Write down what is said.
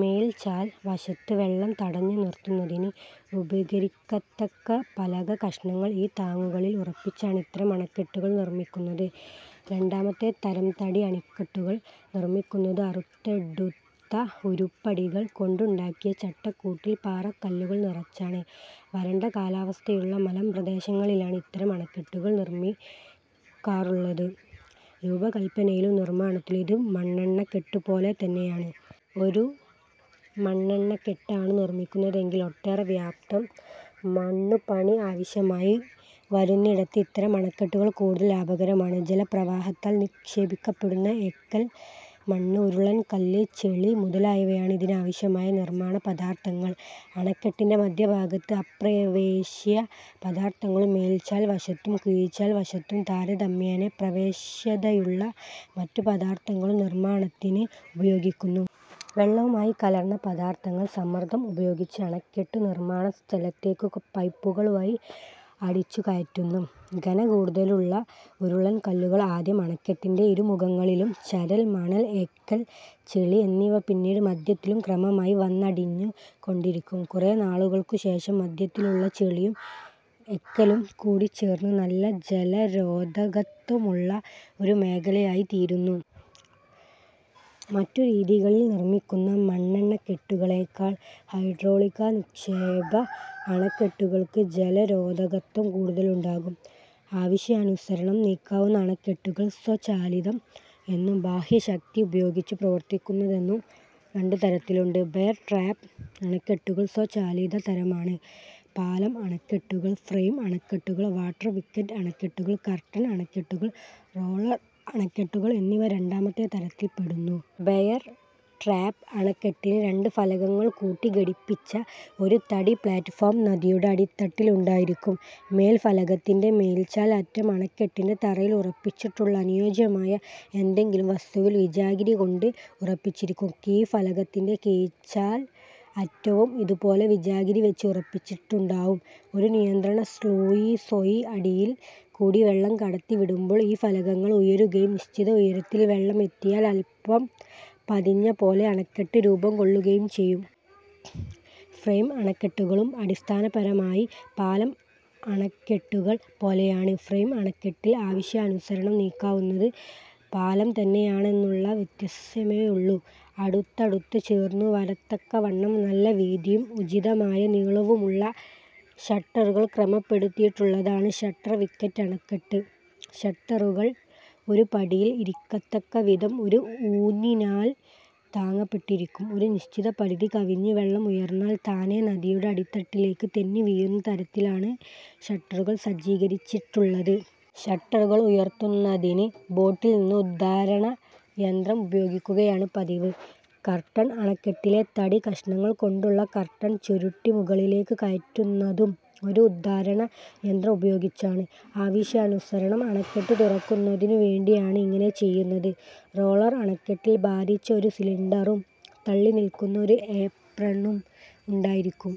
മേൽചാൽ വശത്ത് വെള്ളം തടഞ്ഞു നിറുത്തുന്നതിന് ഉപകരിക്കത്തക്ക പലക കഷണങ്ങൾ ഈ താങ്ങുകളിൽ ഉറപ്പിച്ചാണ് ഇത്തരം അണക്കെട്ടുകൾ നിർമ്മിക്കുന്നത്. രണ്ടാമത്തെ തരം തടി അണക്കെട്ടുകൾ നിർമ്മിക്കുന്നത് അറുത്തെടുത്ത ഉരുപ്പടികൾ കൊണ്ടുണ്ടാക്കിയ ചട്ട കൂട്ടിൽ പാറക്കല്ലുകൾ നിറച്ചാണ്. വരണ്ട കാലാവസ്ഥയുള്ള മലമ്പ്രദേശങ്ങളിലാണ് ഇത്തരം അണക്കെട്ടുകൾ നിർമ്മിക്കാറുള്ളത്. രൂപകല്പനയിലും നിർമ്മാണത്തിലും ഇത് മണ്ണണക്കെട്ടുപോലെ തന്നെയാണ്. ഒരു മണ്ണണക്കെട്ടാണു നിർമ്മിക്കുന്നതെങ്കിൽ ഒട്ടേറെ വ്യാപ്തം മണ്ണുപണി ആവശ്യമായി വരുന്നിടത്ത് ഇത്തരം അണക്കെട്ടുകൾ കൂടുതൽ ലാഭകരമാണ്. ജല പ്രവാഹത്താൽ നിക്ഷേപിക്കപ്പെടുന്ന എക്കൽ, മണ്ണ്, ഉരുളൻകല്ല്, ചെളി മുതലായവയാണ് ഇതിനാവശ്യമായ നിർമ്മാണ പദാർഥങ്ങൾ. അണക്കെട്ടിന്റെ മദ്ധ്യഭാഗത്ത് അപ്രവേശ്യ പദാർഥങ്ങളും, മേൽചാൽ വശത്തും കീഴ്ചാൽ വശത്തും, താരതമ്യേന പ്രവേശ്യതയുള്ള മറ്റു പദാർഥങ്ങളും നിർമ്മാണത്തിന് ഉപയോഗിക്കുന്നു. വെള്ളവുമായി കലർന്ന പദാർഥങ്ങൾ സമ്മർദ്ദം ഉപയോഗിച്ച് അണക്കെട്ടു നിർമ്മാണ സ്ഥലത്തേക്കു പൈപ്പുകൾ വഴി അടിച്ചു കയറ്റുന്നു. ഘന കൂടുതലുള്ള ഉരുളൻ കല്ലുകൾ ആദ്യം അണക്കെട്ടിന്റെ ഇരുമുഖങ്ങളിലും, ചരൽ, മണൽ, എക്കൽ, ചെളി എന്നിവ പിന്നീട് മദ്ധ്യത്തിലും ക്രമമായി വന്നടിഞ്ഞു കൊണ്ടിരിക്കും. കുറെ നാളുകൾക്കു ശേഷം മദ്ധ്യത്തിലുള്ള ചെളിയും എക്കലും കൂടിച്ചേർന്ന് നല്ല ജലരോധകത്വമുള്ള ഒരു മേഖലയായി തീരുന്നു. മറ്റു രീതികളിൽ നിർമ്മിക്കുന്ന മണ്ണണക്കെട്ടുകളേക്കാൾ ഹൈഡ്രോളിക നിക്ഷേപ അണക്കെട്ടുകൾക്ക് ജലരോധകത്വം കൂടൂതലുണ്ടാകും. ആവശ്യാനുസരണം നീക്കാവുന്ന അണക്കെട്ടുകൾ സ്വചാലിതം എന്നും, ബാഹ്യശക്തി ഉപയോഗിച്ചു പ്രവർത്തിക്കുന്നതെന്നും രണ്ടു തരത്തിലുണ്ട്. ബെയർ-ട്രാപ്പ് അണക്കെട്ടുകൾ സ്വചാലിത തരമാണ്. 'പാലം-അണക്കെട്ടു'കൾ, ഫ്രെയിം അണക്കെട്ടുകൾ, ഷട്ടർ-വിക്കറ്റ് അണക്കെട്ടുകൾ, കർട്ടൻ അണക്കെട്ടുകൾ, റോളർ അണക്കെട്ടുകൾ എന്നിവ രണ്ടാമത്തെ തരത്തിൽ പെടുന്നു. ബെയർ-ട്രാപ്പ് അണക്കെട്ടിന് രണ്ടു ഫലകങ്ങൾ കൂട്ടി ഘടിപ്പിച്ച ഒരു തടി പ്ളാറ്റ്ഫോം നദിയുടെ അടിത്തട്ടിൽ ഉണ്ടായിരിക്കും. മേൽഫലകത്തിന്റെ മേൽചാൽ അറ്റം അണക്കെട്ടിന്റെ തറയിൽ ഉറപ്പിച്ചിട്ടുള്ള അനുയോജ്യമായ എന്തെങ്കിലും വസ്തുവിൽ വിജാഗിരി കൊണ്ട് ഉറപ്പിച്ചിരിക്കും. കീഴ്ഫലകത്തിന്റെ കീഴ്ചാൽ അറ്റവും ഇതുപോലെ വിജാഗിരി വച്ച് ഉറപ്പിച്ചിട്ടുണ്ടാവും. ഒരു നിയന്ത്രണ സ്ളൂയിസ്വഴി അടിയിൽ കൂടി വെള്ളം കടത്തി വിടുമ്പോൾ ഈ ഫലകങ്ങൾ ഉയരുകയും, നിശ്ചിത ഉയരത്തിൽ വെള്ളം എത്തിയാൽ അല്പം പതിഞ്ഞ '' പോലെ അണക്കെട്ട് രൂപം കൊള്ളുകയും ചെയ്യും. ഫ്രെയിം അണക്കെട്ടുകളും അടിസ്ഥാനപരമായി 'പാലം-അണക്കെട്ടു'കൾ പോലെയാണ്. ഫ്രെയിം അണക്കെട്ടിൽ ആവശ്യാനുസരണം നീക്കാവുന്നത് പാലം തന്നെയാണെന്നുള്ള വ്യത്യാസമേയുള്ളു. അടുത്തടുത്ത് ചേർന്നു വരത്തക്കവണ്ണം നല്ല വീതിയും ഉചിതമായ നീളവുമുള്ള ഷട്ടറുകൾ ക്രമപ്പെടുത്തിയിട്ടുള്ളതാണ് ഷട്ടർ-വിക്കറ്റ് അണക്കെട്ട്. ഷട്ടറുകൾ ഒരു പടിയിൽ ഇരിക്കത്തക്ക വിധം ഒരു ഊന്നിനാൽ താങ്ങപ്പെട്ടിരിക്കും. ഒരു നിശ്ചിത പരിധി കവിഞ്ഞ് വെള്ളം ഉയർന്നാൽ താനേ നദിയുടെ അടിത്തട്ടിലേക്ക് തെന്നി വീഴുന്ന തരത്തിലാണ് ഷട്ടറുകൾ സജ്ജീകരിച്ചിട്ടുള്ളത്. ഷട്ടറുകൾ ഉയർത്തുന്നതിന് ബോട്ടിൽ നിന്ന് ഉദ്ധാരണ യന്ത്രം ഉപയോഗിക്കുകയാണ് പതിവ്. 'കർട്ടൻ അണക്കെട്ടി'ലെ തടി കഷണങ്ങൾ കൊണ്ടുള്ള കർട്ടൻ ചുരുട്ടി മുകളിലേക്ക് കയറ്റുന്നതും ഒരു ഉദ്ധാരണ യന്ത്രം ഉപയോഗിച്ചാണ്. ആവശ്യാനുസരണം അണക്കെട്ട് തുറക്കുന്നതിനു വേണ്ടിയാണ് ഇങ്ങനെ ചെയ്യുന്നത്. റോളർ അണക്കെട്ടിൽ ഭാരിച്ച ഒരു സിലിണ്ടറും, തള്ളി നിൽക്കുന്ന ഒരു ഏപ്രണും ഉണ്ടായിരിക്കും.